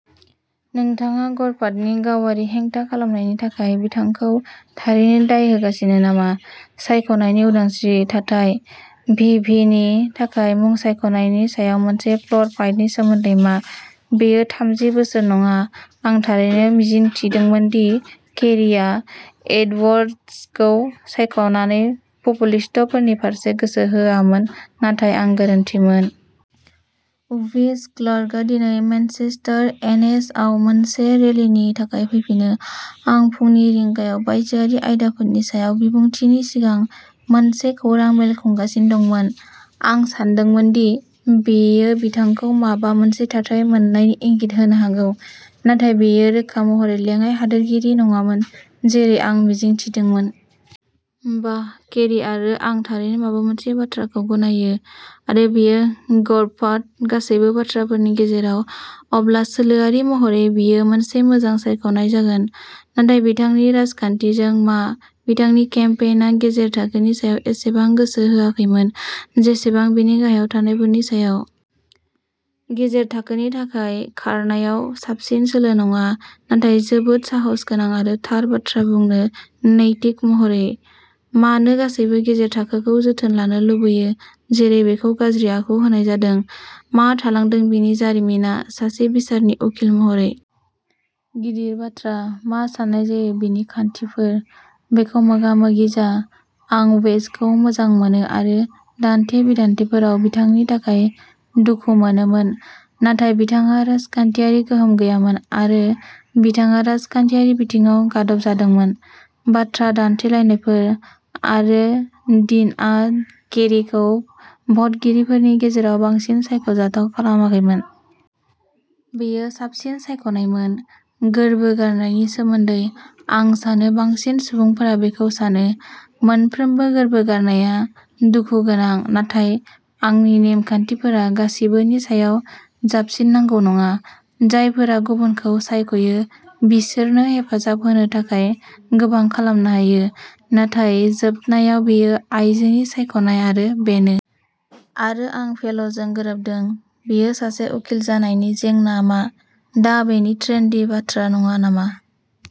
" नोंथाङा गर्भपातनि गावारि हेंथा खालामनायनि थाखाय बिथांखौ थारैनो दाय होगासिनो नामा? "सायख'नायनि उदांस्रि", थाथाय? भि. पि. नि थाखाय मुं सायख'नायनि सायाव मोनसे फ्ल'र फाइटनि सोमोन्दै मा? बेयो थामजि बोसोर नङा। आं थारैनो मिजिंथिदोंमोन दि केरीआ एडवार्ड्सखौ सायख'नानै'पपुलिस्ट'फोरनि फारसे गोसो होआमोन, नाथाय आं गोरोन्थिमोन। वेस क्लार्कआ दिनै मेनचेस्टार, एन. एच. आव मोनसे रेलिनि थाखाय फैफिनो, आरो फुंनि रिंगायाव बायजोआरि आयदाफोरनि सायाव बिबुंथिनि सिगां मोनसे खौरां मेल खुंगासिनो दंमोन। आं सानदोंमोन दि बेयो बिथांखौ माबा मोनसे थाथाय मोन्नायनि इंगित होनो हागौ नाथाय बेयो रोखा महरै लेङाइ हादोरगिरि नङामोन जेरै आं मिजिंथिदोंमोन। बाह, केरी आरो आं थारैनो माबा मोनसे बाथ्राखौ गनायो। आरो बेयो गर्भपात, गासैबो बाथ्राफोरनि गेजेराव! अब्ला सोलोआरि महरै बियो मोनसे मोजां सायख'नाय जागोन। नाथाय बिथांनि राजखान्थिजों मा? बिथांनि केम्पेइना गेजेर थाखोनि सायाव एसेबां गोसो होआखैमोन जेसेबां बेनि गाहायाव थानायफोरनि सायाव। गेजेर थाखोनि थाखाय खारनायाव साबसिन सोलो नङा नाथाय जोबोद साहसगोनां आरो थार बाथ्रा बुंनो नैतिक महरै। मानो गासैबो गेजेर थाखोखौ जोथोन लानो लुबैयो जेरै बेखौ गाज्रि आखु होनाय जादों? मा थालांदों बिनि जारिमिनआ सासे बिसारनि उखिल महरै। गिदिर बाथ्रा। मा सान्नाय जायो बिनि खान्थिफोर। बेखौ मोगा-मोगि जा। आं वेसखौ मोजां मोनो आरो दान्थे-बिदान्थेफोराव बिथांनि थाखाय दुखु मोनोमोन नाथाय बिथांहा राजखान्थियारि गोहोम गैयामोन आरो बिथाङा राजखान्थियारि बिथिङाव गादबजादोंमोन। बाथ्रा दान्थेलायनायफोर। आरो डीनआ केरीखौ भटगिरिफोरनि गेजेराव बांसिन सायख'जाथाव खालामाखैमोन। बेयो साबसिन सायख'नाय मोन। गोर्बो गारनायनि सोमोन्दै। आं सानो बांसिन सुबुंफोरा बेखौ सानो। मोनफ्रोमबो गोर्बो गारनाया दुखु गोनां नाथाय आंनि नेम-खान्थिफोरा गासिबोनि सायाव जाबसिनांगौ नङा। जायफोरा गुबुनखौ सायख'यो बिसोरनो हेफाजाब होनो थाखाय गोबां खालामनो हायो, नाथाय जोबनायाव बेयो आयजोनि सायख'नाय आरो बेनो। आरो आं फेल'जों गोरोबदों। बियो सासे उखिल जानायनि जेंना मा? दा बेनो ट्रेन्डी बाथ्रा नङा नामा?